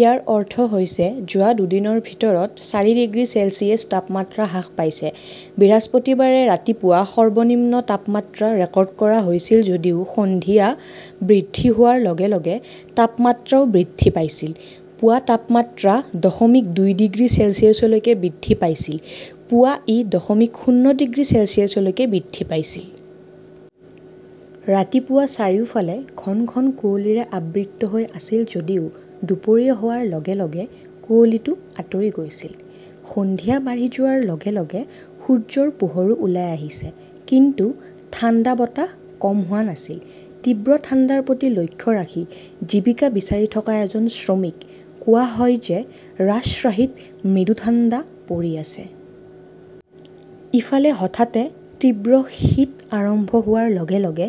ইয়াৰ অৰ্থ হৈছে যোৱা দুদিনৰ ভিতৰত চাৰি ডিগ্ৰী চেলছিয়াছ তাপমাত্ৰা হ্ৰাস পাইছে। বৃহস্পতিবাৰে ৰাতিপুৱা সৰ্বনিম্ন তাপমাত্ৰা ৰেকৰ্ড কৰা হৈছিল যদিও সন্ধিয়া বৃদ্ধি হোৱাৰ লগে লগে তাপমাত্ৰাও বৃদ্ধি পাইছিল। পুৱা তাপমাত্ৰা দশমিক দুই ডিগ্ৰী চেলছিয়াছলৈ বৃদ্ধি পাইছিল, পুৱা ই দশমিক শূন্য ডিগ্ৰী চেলছিয়াছলৈ বৃদ্ধি পাইছিল। ৰাতিপুৱা চাৰিওফালে ঘন ঘন কুঁৱলীৰে আবৃত হৈ আছিল যদিও দুপৰীয়া হোৱাৰ লগে লগে কুঁৱলীটো আঁতৰি গৈছিল। সন্ধিয়া বাঢ়ি যোৱাৰ লগে লগে সূৰ্যৰ পোহৰো ওলাই আহিছে। কিন্তু ঠাণ্ডা বতাহ কম হোৱা নাছিল। তীব্ৰ ঠাণ্ডাৰ প্ৰতি লক্ষ্য ৰাখি জীৱিকা বিচাৰি থকা এজন শ্ৰমিক কোৱা হয় যে ৰাজশ্বাহীত মৃদু ঠাণ্ডা পৰি আছে। ইফালে, হঠাতে তীব্ৰ শীত আৰম্ভ হোৱাৰ লগে লগে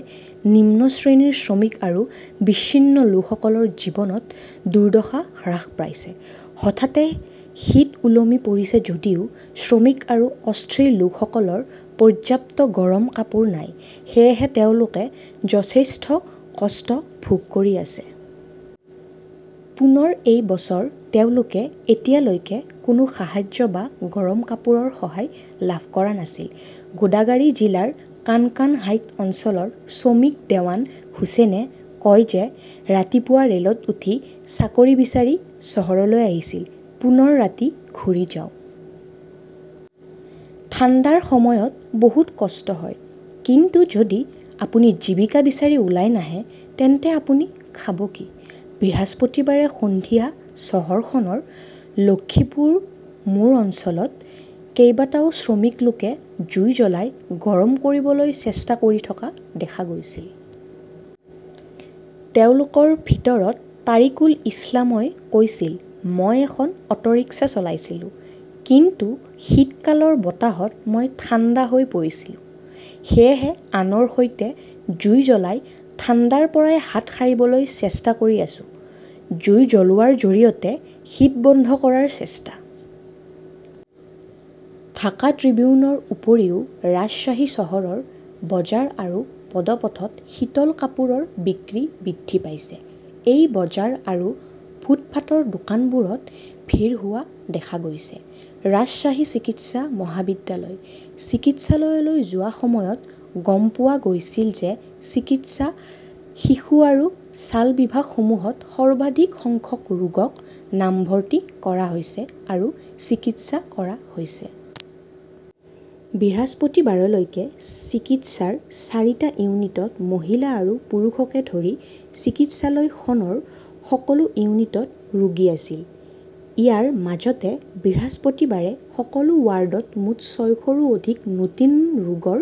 নিম্ন শ্ৰেণীৰ শ্ৰমিক আৰু বিচ্ছিন্ন লোকসকলৰ জীৱনত দুৰ্দশা হ্ৰাস পাইছে। হঠাতে শীত ওলমি পৰিছে যদিও শ্ৰমিক আৰু অস্থিৰ লোকসকলৰ পৰ্যাপ্ত গৰম কাপোৰ নাই। সেয়েহে তেওঁলোকে যথেষ্ট কষ্ট ভোগ কৰি আছে। পুনৰ এই বছৰ তেওঁলোকে এতিয়ালৈকে কোনো সাহাৰ্য বা গৰম কাপোৰৰ সহায় লাভ কৰা নাই। গোদাগাৰী জিলাৰ কানকানহাট অঞ্চলৰ শ্ৰমিক দেৱান হুচেইনে কয় যে, ৰাতিপুৱা ৰে'লত উঠি চাকৰি বিচাৰি চহৰলৈ আহিছিল। পুনৰ ৰাতি ঘূৰি যাওঁ। ঠাণ্ডাৰ সময়ত বহুত কষ্ট হয়। কিন্তু যদি আপুনি জীৱিকা বিচাৰি ওলাই নাহে তেন্তে আপুনি খাব কি? বৃহস্পতিবাৰে সন্ধিয়া চহৰখনৰ লক্ষিপুৰ মোৰ অঞ্চলত কেইবাটাও শ্ৰমিক লোকে জুই জ্বলাই গৰম কৰিবলৈ চেষ্টা কৰি থকা দেখা গৈছিল। তেওঁলোকৰ ভিতৰত তাৰিকুল ইছলামই কৈছিল, মই এখন অটৰিক্সা চলাইছোঁ। কিন্তু শীতকালৰ বতাহত মই ঠাণ্ডা হৈ পৰিছোঁ। সেয়েহে আনৰ সৈতে জুই জ্বলাই ঠাণ্ডাৰ পৰা হাত সাৰিবলৈ চেষ্টা কৰি আছোঁ। জুই জ্বলোৱাৰ জৰিয়তে শীত বন্ধ কৰাৰ চেষ্টা। ঢাকা ট্ৰিবিউনৰ উপৰিও ৰাজশ্বাহী চহৰৰ বজাৰ আৰু পদপথত শীতল কাপোৰৰ বিক্ৰী বৃদ্ধি পাইছে। এই বজাৰ আৰু ফুটপাতৰ দোকানবোৰত ভিৰ হোৱা দেখা গৈছে। ৰাজশ্বাহী চিকিৎসা মহাবিদ্যালয় চিকিৎসালয়লৈ যোৱাৰ সময়ত গম পোৱা গৈছিল যে চিকিৎসা, শিশু আৰু ছাল বিভাগসমূহত সৰ্বাধিক সংখ্যক ৰোগীক নামভৰ্তি কৰা হৈছে আৰু চিকিৎসা কৰা হৈছে। বৃহস্পতিবাৰলৈকে চিকিৎসাৰ চাৰিটা ইউনিটত মহিলা আৰু পুৰুষকে ধৰি চিকিৎসালয়খনৰ সকলো ইউনিটত ৰোগী আছিল। ইয়াৰ মাজতে বৃহস্পতিবাৰে সকলো ৱাৰ্ডত মুঠ ছয়শৰো অধিক নতুন ৰোগীৰ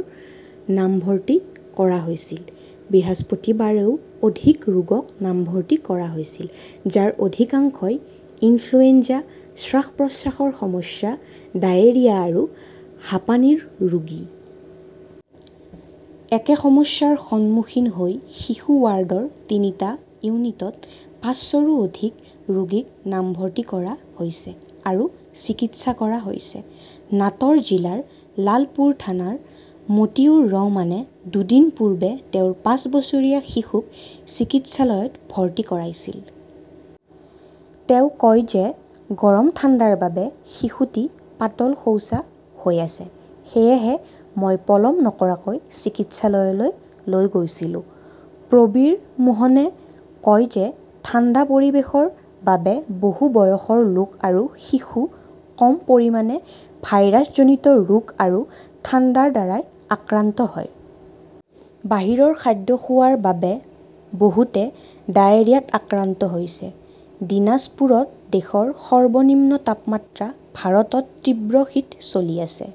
নামভৰ্তি কৰা হৈছিল। বৃহস্পতিবাৰেও অধিক ৰোগীক নামভৰ্তি কৰা হৈছিল, যাৰ অধিকাংশই ইনফ্লুৱেঞ্জা, শ্বাস-প্ৰশ্বাসৰ সমস্যা, ডায়েৰিয়া আৰু হাঁপানিৰ ৰোগী। একে সমস্যাৰ সন্মুখীন হৈ শিশু ৱাৰ্ডৰ তিনিটা ইউনিটত পাঁচশৰো অধিক ৰোগীক নামভৰ্তি কৰা হৈছে আৰু চিকিৎসা কৰা হৈছে। নাট 'ৰ জিলাৰ লালপুৰ থানাৰ মতিউৰ ৰহমানে দুদিন পূৰ্বে তেওঁৰ পাঁচ বছৰীয়া শিশুক চিকিৎসালয়ত ভৰ্তি কৰাইছিল। তেওঁ কয় যে, গৰম ঠাণ্ডাৰ বাবে শিশুটি পাতল শৌচা হৈ আছে। সেয়েহে মই পলম নকৰাকৈ চিকিৎসালয়লৈ লৈ গৈছিলোঁ। প্ৰবীৰ মোহনে কয় যে, ঠাণ্ডা পৰিৱেশৰ বাবে বহু বয়সৰ লোক আৰু শিশু কম পৰিমাণে ভাইৰাছজনিত ৰোগ আৰু ঠাণ্ডাৰ দ্বাৰা আক্ৰান্ত হয়। বাহিৰৰ খাদ্য খোৱাৰ বাবে বহুতে ডায়েৰিয়াত আক্ৰান্ত হৈছে। দিনাজপুৰত দেশৰ সৰ্বনিম্ন তাপমাত্ৰা ভাৰতত তীব্ৰ শীত চলি আছে।